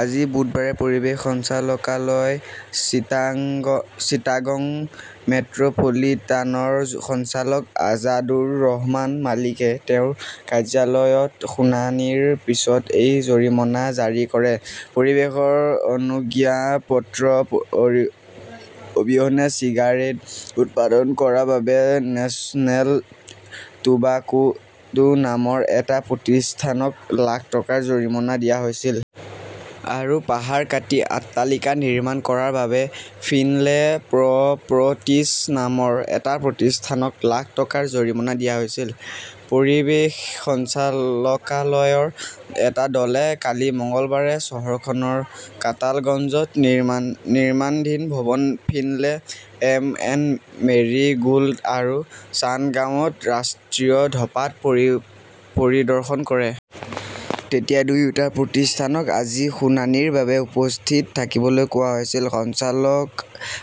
আজি বুধবাৰে পৰিৱেশ সঞ্চালকালয় চিটাগং মেট্ৰ'পলিটানৰ সঞ্চালক আজাদুৰ ৰহমান মালিকে তেওঁৰ কাৰ্যালয়ত শুনানিৰ পিছত এই জৰিমনা জাৰি কৰে। পৰিৱেশৰ অনুজ্ঞাপত্ৰ অবিহনে চিগাৰেট উৎপাদন কৰাৰ বাবে নেচনেল টোবাকো নামৰ এটা প্ৰতিষ্ঠানক লাখ টকাৰ জৰিমনা দিয়া হৈছিল। আৰু পাহাৰ কাটি অট্টালিকা নিৰ্মাণ কৰাৰ বাবে ফিনলে প্ৰ 'প্ৰ' টিজ নামৰ এটা প্ৰতিষ্ঠানক লাখ টকাৰ জৰিমনা দিয়া হৈছিল। পৰিৱেশ সঞ্চালকালয়ৰ এটা দলে কালি মঙলবাৰে চহৰখনৰ কাটালগঞ্জত নিৰ্মাণধীন ভৱন Finlay M. N. Marie Gold আৰু চান্দগাঁৱত ৰাষ্ট্ৰীয় ধঁপাত পৰিদৰ্শন কৰে। তেতিয়া দুয়োটা প্ৰতিষ্ঠানক আজি শুনানিৰ বাবে উপস্থিত থাকিবলৈ কোৱা হৈছিল।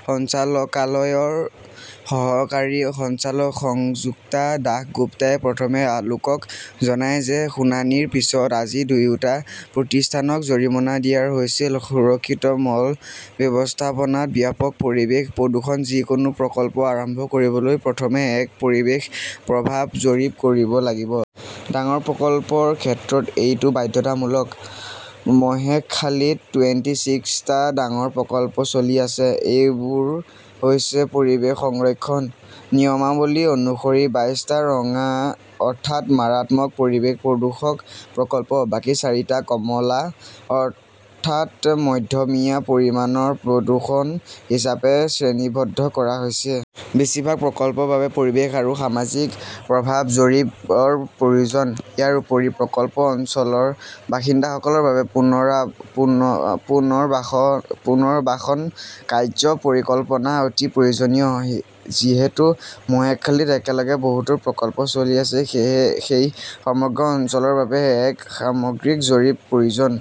সঞ্চালকালয়ৰ সহকাৰী সঞ্চালক সংযুক্তা দাসগুপ্তাই প্ৰথম আলোকক জনায় যে শুনানিৰ পিছত আজি দুয়োটা প্ৰতিষ্ঠানক জৰিমনা দিয়া হৈছিল। সুৰক্ষিত মল ব্যৱস্থাপনাত ব্যাপক পৰিৱেশ প্ৰদূষণ যিকোনো প্ৰকল্প আৰম্ভ কৰিবলৈ প্ৰথমে এক পৰিৱেশ প্ৰভাৱ জৰীপ কৰিব লাগিব। ডাঙৰ প্ৰকল্পৰ ক্ষেত্ৰত এইটো বাধ্যতামূলক। মহেশখালীত টুৱেন্টি চিক্সটা ডাঙৰ প্ৰকল্প চলি আছে। এইবোৰ হৈছে পৰিৱেশ সংৰক্ষণ নিয়মাৱলী অনুসৰি বাইশটা ৰঙা, অৰ্থাৎ মাৰাত্মক পৰিৱেশ প্ৰদূষক প্ৰকল্প। বাকী চাৰিটা কমলা অৰ্থাৎ মধ্যমীয়া পৰিমাণৰ প্ৰদূষণ হিচাপে শ্ৰেণীবদ্ধ কৰা হৈছে। বেছিভাগ প্ৰকল্পৰ বাবে পৰিৱেশ আৰু সামাজিক প্ৰভাৱ জৰীপ ৰ প্ৰয়োজন। ইয়াৰ উপৰিও প্ৰকল্প অঞ্চলৰ বাসিন্দাসকলৰ বাবে পুনৰ্বাসন কাৰ্য্য পৰিকল্পনা অতি প্ৰয়োজনীয়। যিহেতু মহেশখালীত একেলগে বহুতো প্ৰকল্প চলি আছে, সেয়েহে সেই সমগ্ৰ অঞ্চলৰ বাবে এক সামগ্ৰিক জৰীপৰ প্ৰয়োজন।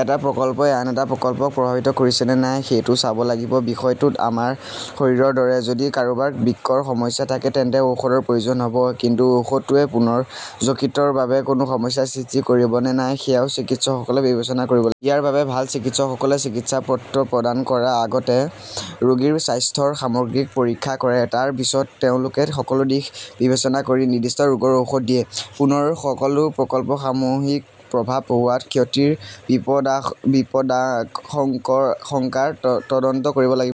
এটা প্ৰকল্পই আন এটা প্ৰকল্পক প্ৰভাৱিত কৰিছে নে নাই সেইটো চাব লাগিব। বিষয়টো আমাৰ শৰীৰৰ দৰে। যদি কাৰোবাৰ বৃক্কৰ সমস্যা থাকে তেন্তে ঔষধৰ প্ৰয়োজন হ'ব। কিন্তু ঔষধটোৱে পুনৰ যকৃতৰ বাবে কোনো সমস্যাৰ সৃষ্টি কৰিব নে নাই সেয়াও চিকিৎসকে বিবেচনা কৰিব লাগিব। ইয়াৰ বাবে, ভাল চিকিৎসকসকলে চিকিৎসা পত্ৰ প্ৰদান কৰাৰ আগতে ৰোগীৰ স্বাস্থ্যৰ সামগ্ৰিক পৰীক্ষা কৰে। তাৰ পিছত তেওঁলোকে সকলো দিশ বিবেচনা কৰি নিৰ্দিষ্ট ৰোগৰ ঔষধ দিয়ে। পুনৰ সকলো প্ৰকল্পৰ সামূহিক প্ৰভাৱত হোৱা ক্ষতিৰ বিপদাশংকাৰ তদন্ত কৰিব লাগিব।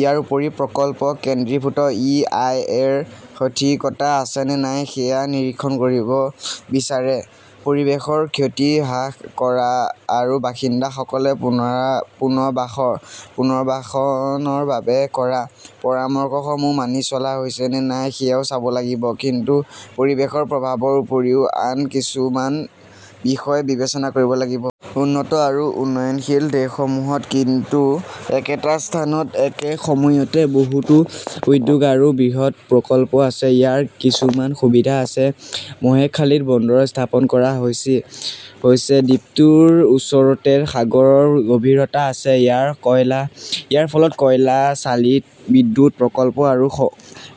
ইয়াৰ উপৰিও প্ৰকল্প-কেন্দ্ৰীভূত ই. আই. এ.ৰ সঠিকতা আছে নে নাই সেয়া নিৰীক্ষণ কৰিব বিচাৰে। পৰিৱেশৰ ক্ষতি হ্ৰাস কৰা আৰু বাসিন্দাসকলে পুনৰ্বাসনৰ বাবে কৰা পৰামৰ্শসমূহ মানি চলা হৈছে নে নাই সেয়াও চাব লাগিব। কিন্তু পৰিৱেশৰ প্ৰভাৱৰ উপৰিও আন কিছুমান বিষয় বিবেচনা কৰিব লাগিব। উন্নত আৰু উন্নয়নশীল দেশসমূহত, কিন্তু একেটা স্থানত একে সময়তে বহুতো উদ্যোগ আৰু বৃহৎ প্ৰকল্প আছে। ইয়াৰ কিছুমান সুবিধা আছে। মহেশখালীত বন্দৰ স্থাপন কৰা হৈছে। দ্বীপটোৰ ওচৰতে সাগৰৰ গভীৰতা আছে। ইয়াৰ ফলত কয়লা-চালিত বিদ্যুৎ প্ৰকল্প আৰু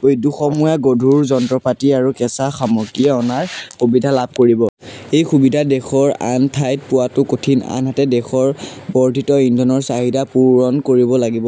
উদ্যোগসমূহে গধুৰ যন্ত্ৰপাতি আৰু কেঁচা সামগ্ৰী অনাৰ সুবিধা লাভ কৰিব। এই সুবিধাটো দেশৰ আন ঠাইত পোৱাটো কঠিন। আনহাতে, দেশৰ বৰ্ধিত ইন্ধনৰ চাহিদাও পূৰণ কৰিব লাগিব।